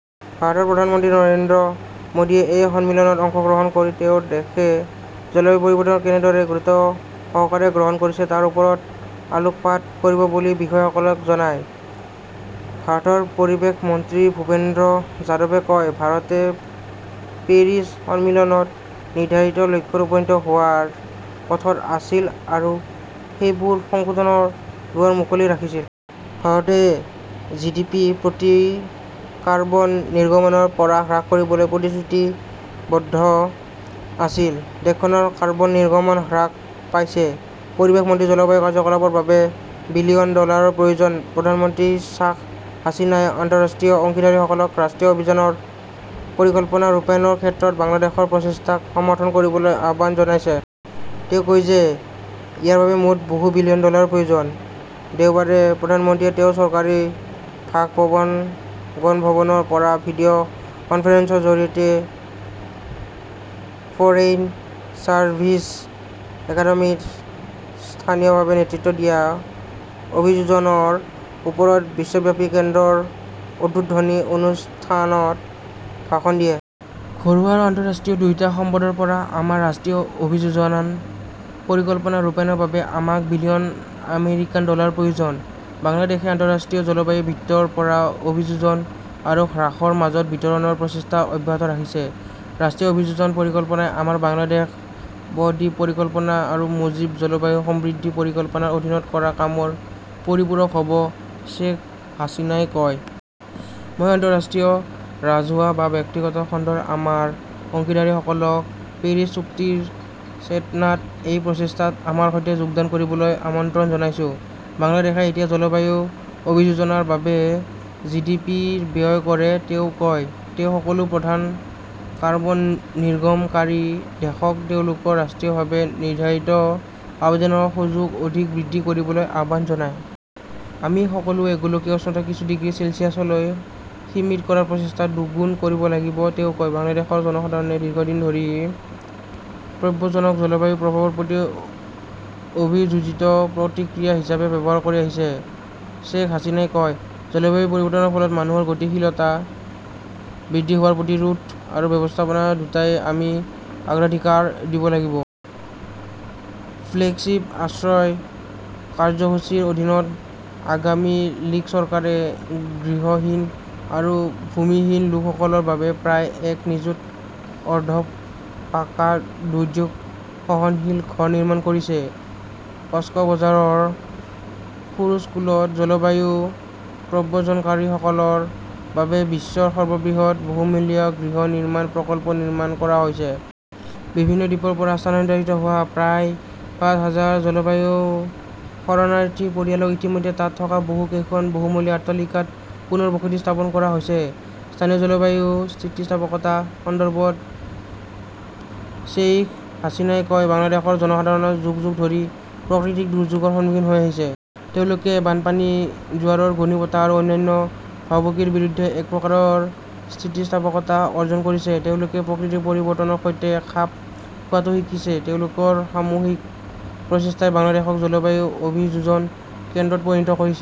ভাৰতৰ প্ৰধানমন্ত্ৰী নৰেন্দ্ৰ মোদীয়ে এই সন্মিলনত অংশগ্ৰহণ কৰি তেওঁৰ দেশে জলবায়ু পৰিৱৰ্তন কেনেদৰে গুৰুত্বসহকাৰে গ্ৰহণ কৰিছে তাৰ ওপৰত আলোকপাত কৰিব বুলি বিষয়াসকলে জনায়। ভাৰতৰ পৰিৱেশ মন্ত্ৰী ভূপেন্দ্ৰ যাদৱে কয়, "ভাৰতে পেৰিছ সন্মিলনত নিৰ্ধাৰিত লক্ষ্যত উপনীত হোৱাৰ পথত আছিল আৰু সেইবোৰ সংশোধনৰ দুৱাৰ মুকলি ৰাখিছিল। "ভাৰতে জিডিপি-প্ৰতি কাৰ্বন নিৰ্গমনৰ পৰা হ্ৰাস কৰিবলৈ প্ৰতিশ্ৰুতিবদ্ধ আছিল। দেশখনৰ কাৰ্বন নিৰ্গমন হ্ৰাস পাইছে। পৰিৱেশ মন্ত্ৰীঃ জলবায়ু কাৰ্যকলাপৰ বাবে বিলিয়ন ডলাৰৰ প্ৰয়োজন প্ৰধানমন্ত্ৰী শ্বাখ হাছিনাই আন্তঃৰাষ্ট্ৰীয় অংশীদাৰসকলক ৰাষ্ট্ৰীয় অভিযোজন পৰিকল্পনা ৰূপায়ণৰ ক্ষেত্ৰত বাংলাদেশৰ প্ৰচেষ্টাক সমৰ্থন কৰিবলৈ আহ্বান জনাইছে। তেওঁ কয় যে ইয়াৰ বাবে মুঠ বহু বিলিয়ন ডলাৰৰ প্ৰয়োজন। দেওবাৰে প্ৰধানমন্ত্ৰীয়ে তেওঁৰ চৰকাৰী বাসভৱন গণভৱনৰ পৰা ভিডিঅ 'কনফাৰেন্সৰ জৰিয়তে ফৰেইন চাৰ্ভিচ একাডেমীত "স্থানীয়ভাৱে নেতৃত্ব দিয়া অভিযোজনৰ ওপৰত বিশ্বব্যাপী কেন্দ্ৰ" ৰ উদ্বোধনী অনুষ্ঠানত ভাষণ দিয়ে। "ঘৰুৱা আৰু আন্তঃৰাষ্ট্ৰীয় দুয়োটা সম্পদৰ পৰা আমাৰ ৰাষ্ট্ৰীয় অভিযোজন পৰিকল্পনা ৰূপায়ণৰ বাবে আমাক বিলিয়ন আমেৰিকান ডলাৰৰ প্ৰয়োজন। বাংলাদেশই আন্তঃৰাষ্ট্ৰীয় জলবায়ু বিত্তৰ পৰা অভিযোজন আৰু হ্ৰাসৰ মাজত বিতৰণৰ প্ৰচেষ্টা অব্যাহত ৰাখিছে। "ৰাষ্ট্ৰীয় অভিযোজন পৰিকল্পনাই আমাৰ বাংলাদেশ ব-দ্বীপ পৰিকল্পনা আৰু মুজীব জলবায়ু সমৃদ্ধি পৰিকল্পনাৰ অধীনত কৰা কামৰ পৰিপূৰক হ'ব ", শ্বেখ হাছিনাই কয়। মই আন্তঃৰাষ্ট্ৰীয় ৰাজহুৱা বা ব্যক্তিগত খণ্ডৰ আমাৰ অংশীদাৰসকলক পেৰিছ চুক্তিৰ চেতনাত এই প্ৰচেষ্টাত আমাৰ সৈতে যোগদান কৰিবলৈ আমন্ত্ৰণ জনাইছো। "বাংলাদেশই এতিয়া জলবায়ু অভিযোজনৰ বাবে জিডিপিৰ ব্যয় কৰে", তেওঁ কয়। "তেওঁ সকলো প্ৰধান কাৰ্বন নিৰ্গমনকাৰী দেশক তেওঁলোকৰ ৰাষ্ট্ৰীয়ভাৱে নিৰ্ধাৰিত আৱদানৰ সুযোগ অধিক বৃদ্ধি কৰিবলৈ আহ্বান জনায়। "আমি সকলোৱে গোলকীয় উষ্ণতা কিছু ডিগ্ৰী চেলছিয়াছলৈ সীমিত কৰাৰ প্ৰচেষ্টা দুগুণ কৰিব লাগিব", তেওঁ কয়। "বাংলাদেশৰ জনসাধাৰণে দীৰ্ঘদিন ধৰি প্ৰব্ৰজনক জলবায়ু প্ৰভাৱৰ প্ৰতি অভিযোজিত প্ৰতিক্ৰিয়া হিচাপে ব্যৱহাৰ কৰি আহিছে", শ্বেখ হাছিনাই কয়। জলবায়ু পৰিৱৰ্তনৰ ফলত মানুহৰ গতিশীলতা বৃদ্ধি হোৱাৰ প্ৰতিৰোধ আৰু ব্যৱস্থাপনা দুয়োটাই আমি অগ্ৰাধিকাৰ দিব লাগিব। "ফ্লেগশ্বিপ আশ্ৰয় কাৰ্যসূচীৰ অধীনত আগামী লীগ চৰকাৰে গৃহহীন আৰু ভূমিহীন লোকসকলৰ বাবে প্ৰায় এক নিযুত অৰ্ধ-পাকা দুৰ্যোগ সহনশীল ঘৰ নিৰ্মাণ কৰিছে। কক্সবাজাৰৰ খুৰুছকুলত জলবায়ু প্ৰব্ৰজনকাৰীসকলৰ বাবে বিশ্বৰ সৰ্ববৃহৎ বহুমহলীয়া গৃহ নিৰ্মাণ প্ৰকল্প নিৰ্মাণ কৰা হৈছে। বিভিন্ন দ্বীপৰ পৰা স্থানান্তৰিত হোৱা প্ৰায় পাঁচ হাজাৰ জলবায়ু শৰণাৰ্থী পৰিয়ালক ইতিমধ্যে তাত থকা বহু কেইখন বহুমহলীয়া অট্টালিকাত পুনৰ বসতি স্থাপন কৰা হৈছে। স্থানীয় জলবায়ু স্থিতিস্থাপকতা সন্দৰ্ভত শ্বেইখ হাছিনাই কয়, "বাংলাদেশৰ জনসাধাৰণে যুগ যুগ ধৰি প্ৰকৃতিক দুৰ্যোগৰ সন্মুখীন হৈ আহিছে। তেওঁলোকে বানপানী, জোৱাৰৰ, ঘূৰ্ণীবতাহ আৰু অন্যান্য ভাবুকিৰ বিৰুদ্ধে এক প্ৰকাৰৰ স্থিতিস্থাপকতা অৰ্জন কৰিছে। তেওঁলোকে প্ৰকৃতিৰ পৰিৱৰ্তনৰ সৈতে খাপ খোৱাটো শিকিছে। তেওঁলোকৰ সামূহিক প্ৰচেষ্টাই বাংলাদেশক জলবায়ু অভিযোজন কেন্দ্ৰত পৰিণত কৰিছে।"